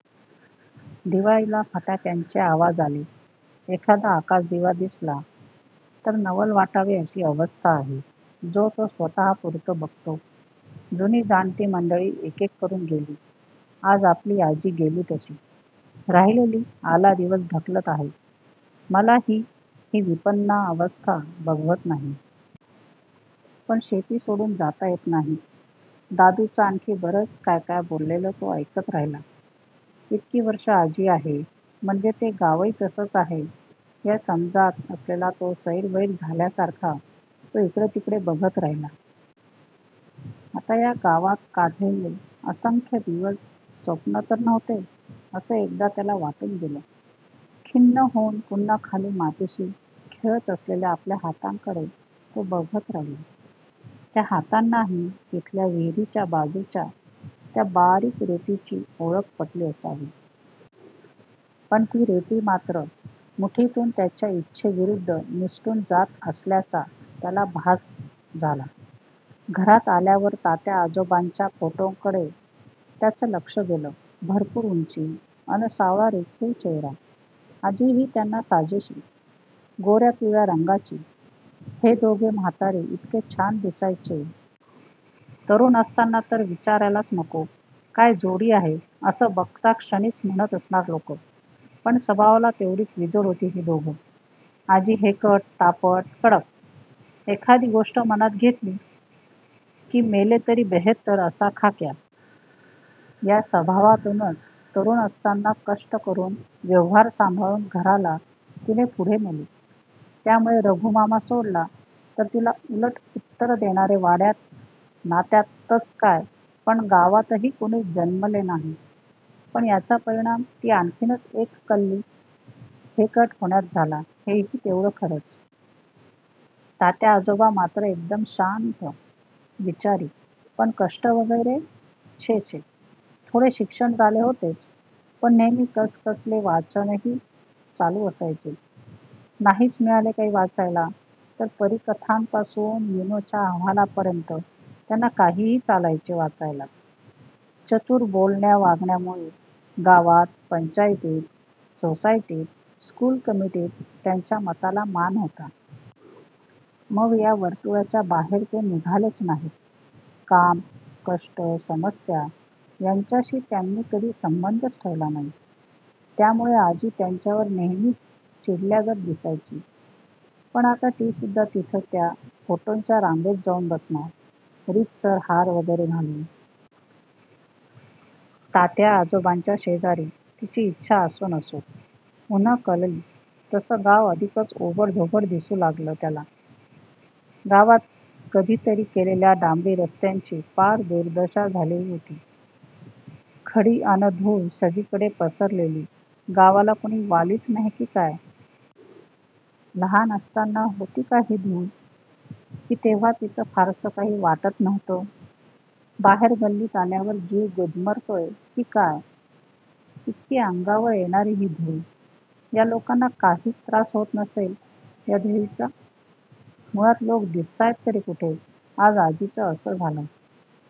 दिवाळीला फटाक्यांचे आवाज आले, एखादा आकाशदिवा दिसला, तर नवल वाटावे अशी अवस्था आहे. जो तो स्वत:पूरतं बघतो. जुनी-जाणती मंडळी एकेक करून गेली, आज आपली आजी गेली तशी. राहिलेली आला दिवस ढकलत आहेत. मलाही ही विपन्नावस्था बघवत नाही. पण शेती सोडून जाता येत नाही.. दादूचं आणखी बरंच काय काय बोललेलं तो ऐकत राहिला. इतकी वर्षे आजी आहे, म्हणजे, ते गावही तसंच आहे या समजात असलेला तो सैरभैर झाल्यासारखा तो इकडेतिकडे बघत राहिला. आता या गावात काढलेले असंख्य दिवस स्वप्न तर नव्हते असं एकदा त्याला वाटून गेलं. खिन्न होऊन पुन्हा खाली मातीशी खेळत असलेल्या आपल्या हातांकडे तो बघत राहिला. त्या हातांनाही तिथल्या विहिरीच्या बाजूच्या त्या बारीक रेतीची ओळख पटली असावी. पण ती रेती मात्र मुठीतून त्याच्या इच्छेविरूध्द निसटून जात असल्याचा त्याला भास झाला. घरात आल्यावर तात्याआजोबांच्या फोटोकडे त्याचं लक्ष गेलं. भरपूर उंची, अन सावळा रेखीव चेहेरा. आजीही त्यांना साजेशी. गोर्यापिवळ्या रंगाची. हे दोघे म्हातारे इतके छान दिसायचे. तरूण असताना तर विचारायलाच नको. काय जोडी आहे- असं बघताक्षणीच म्हणत असणार लोक. पण स्वभावाला तेवढीच विजोड होती ही दोघं. आजी हेकट, तापट, कडक. एखादी गोष्ट मनात घेतली की मेले तरी बेहेत्तर असा खाक्या. या स्वभावातूनच तरूण असताना कष्ट करून व्यवहार सांभाळून घराला तिने पुढे नेले. त्यामूळे रघूमामा सोडला, तर तिला उलट उत्तर देणारे वाड्यात, नात्यातच काय, पण गावातही कुणी जन्मले नाही! पण याचा परिणाम ती आणखीच एककल्ली, हेकट होण्यात झाला, हेही तेवढंच खरं. तात्या आजोबा मात्र एकदम शांत, विचारी. पण कष्ट वगैरे? छे-छे! थोडे शिक्षण झाले होतेच, पण नेहेमी कसकसले वाचनही चालू असायचे. नाहीच मिळाले काही वाचायला, तर परीकथांपासून युनोच्या अहवालापर्यंत त्यांना काहीही चालायचे वाचायला. चतूर बोलण्या वागण्यामूळे गावात, पंचायतीत, सोसायटीत, स्कूल कमिटीत त्यांच्या मताला मान होता. मग या वर्तूळाच्या बाहेर ते निघालेच नाहीत. काम, कष्ट, समस्या यांच्याशी त्यांनी कधी संबंधच ठेवला नाही. त्यामूळे आजी त्यांच्यावर नेहेमीच चिडल्यागत दिसायची. पण आता ती सुध्दा तिथं त्या फोटोंच्या रांगेत जाऊन बसणार. रीतसर हार वगैरे घालून. तात्याआजोबांच्या शेजारी. तिची इच्छा असो, नसो. ऊन्हं कलली, तसं गाव अधिकच ओबडधोबड दिसू लागलं त्याला. गावात कधीतरी केलेल्या डांबरी रस्त्यांची पार दुर्दशा झाली होती. खडी अन धुळ सगळीकडे पसरलेली. गावाला कुणी वालीच नाही की काय? लहान असताना होती का ही धूळ? की तेव्हा तिचं फारसं काही वाटत नव्हतं? बाहेर गल्लीत आल्यावर जीव गुदमरतोय की काय, इतकी अंगावर येणारी ही धुळ. या लोकांना काहीच त्रास होत नसेल या धुळीचा? मुळात लोक दिसताहेत तरी कुठे? आज आजीचं असं झालं--